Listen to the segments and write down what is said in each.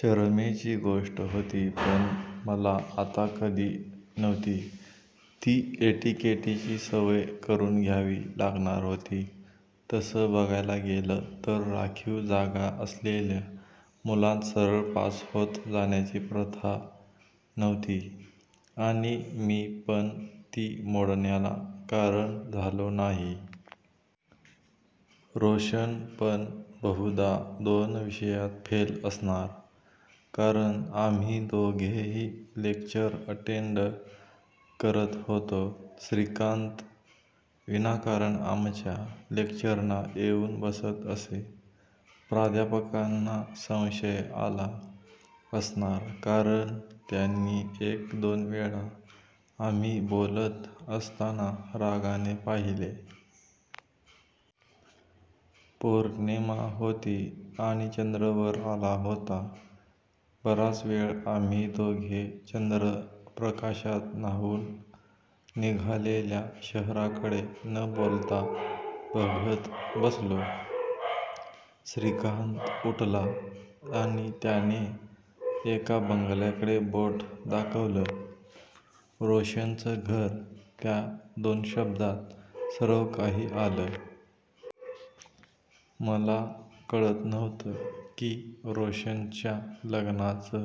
शरमेची गोष्ट होती पण मला आता कधी नव्हती ती एटीकेटीची सवय करून घ्यावी लागणार होती. तसं बघायला गेलं तर राखीव जागा असलेल्या मुलांत सरळ पास होत जाण्याची प्रथा नव्हती आणि मी पण ती मोडण्याला कारण झालो नाही. रोशन पण बहुदा दोन विषयात फेल असणार कारण आम्ही दोघेही लेक्चर अटेंड करत होतो. श्रीकांत विनाकारण आमच्या लेक्चरना येऊन बसत असे. प्राध्यापकांना संशय आला असणार कारण त्यांनी एक दोन वेळा आम्ही बोलत असताना रागाने पाहिले. पोर्णिमा होती आणि चंद्र वर आला होता. बराच वेळ आम्ही दोघे चंद्र प्रकाशात न्हाऊन निघालेल्या शहराकडे न बोलता बघत बसलो. श्रीकांत उठला आणि त्याने एका बंगल्याकडे बोट दाखवलं " रोशनचं घर. " त्या दोन शब्दात सर्व काही आलं. मला कळत नव्हतं की रोशनच्या लग्नाचं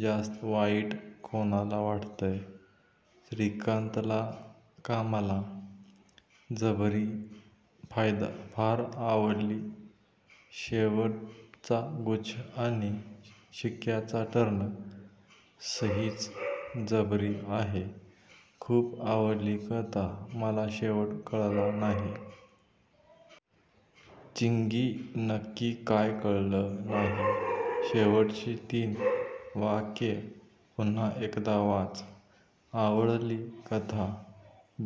जास्त वाईट कोणाला वाटतंय, श्रीकांतला का मला! जबरी. फार आवडली. शेवटचा गुच्छ आणि शिक्क्याचा टर्न सहीच!???? ज ब री आहे. खुप आवडली कथा. मला शेवट कळला नाही. चिंगी, नक्की काय कळलं नाही? शेवटची तीन वाक्ये पुन्हा एकदा वाच. आ व ड ली कथा!..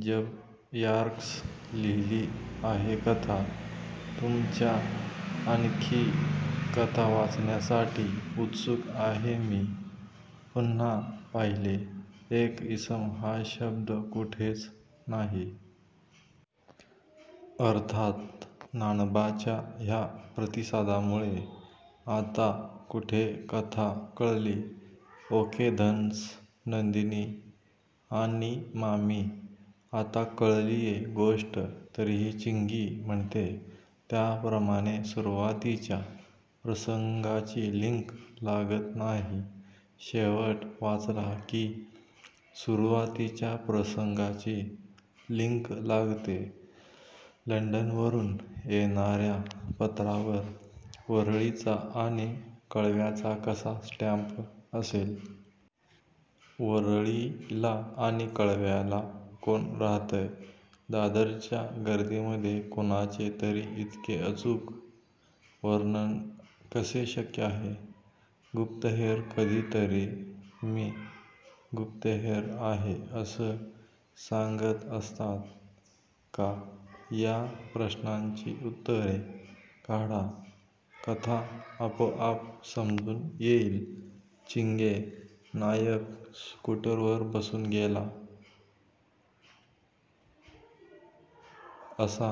जबर्याक्स लिहीली आहे कथा! तुमच्या आणखी कथा वाचण्यासाठी उत्सुक आहे. मी पुन्हा पाहिले. "एक इसम" हा शब्द कुठेच नाही. अर्थात नानबाच्या ह्या प्रतिसादामुळे आता कुठे कथा कळली. ओके, धन्स नंदिनी आणि मामी. आता कळलीये गोष्ट तरीही चिंगी म्हणतेय त्याप्रमाणे सुरवातीच्या प्रसंगाची लिंक लागत नाही. शेवट वाचला की सुरूवातीच्या प्रसंगाची लिंक लागते. लंडनवरून येणार्या पत्रावर वरळीचा आणि कळव्याचा कसा स्टँप असेल? वरळीला आणी कळव्याला कोण राहतय? दादरच्या गर्दीमधे कुणाचेतरी इतके अचूक वर्णन कसे शक्य आहे? गुप्तहेर कधीतरी मी गुप्तहेर आहे असं सांगत असतात का? या प्रश्नांची उत्तरे काढा. कथा आपोआप समजून येइल.! चिंगे, नायक स्कूटरवर बसून गेला असा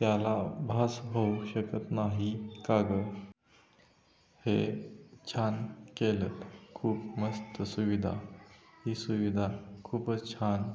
त्याला भास होऊ शकत नाही का गं? हे छान केलत! खुप मस्त सुविधा! ही सुविधा खूपच छान!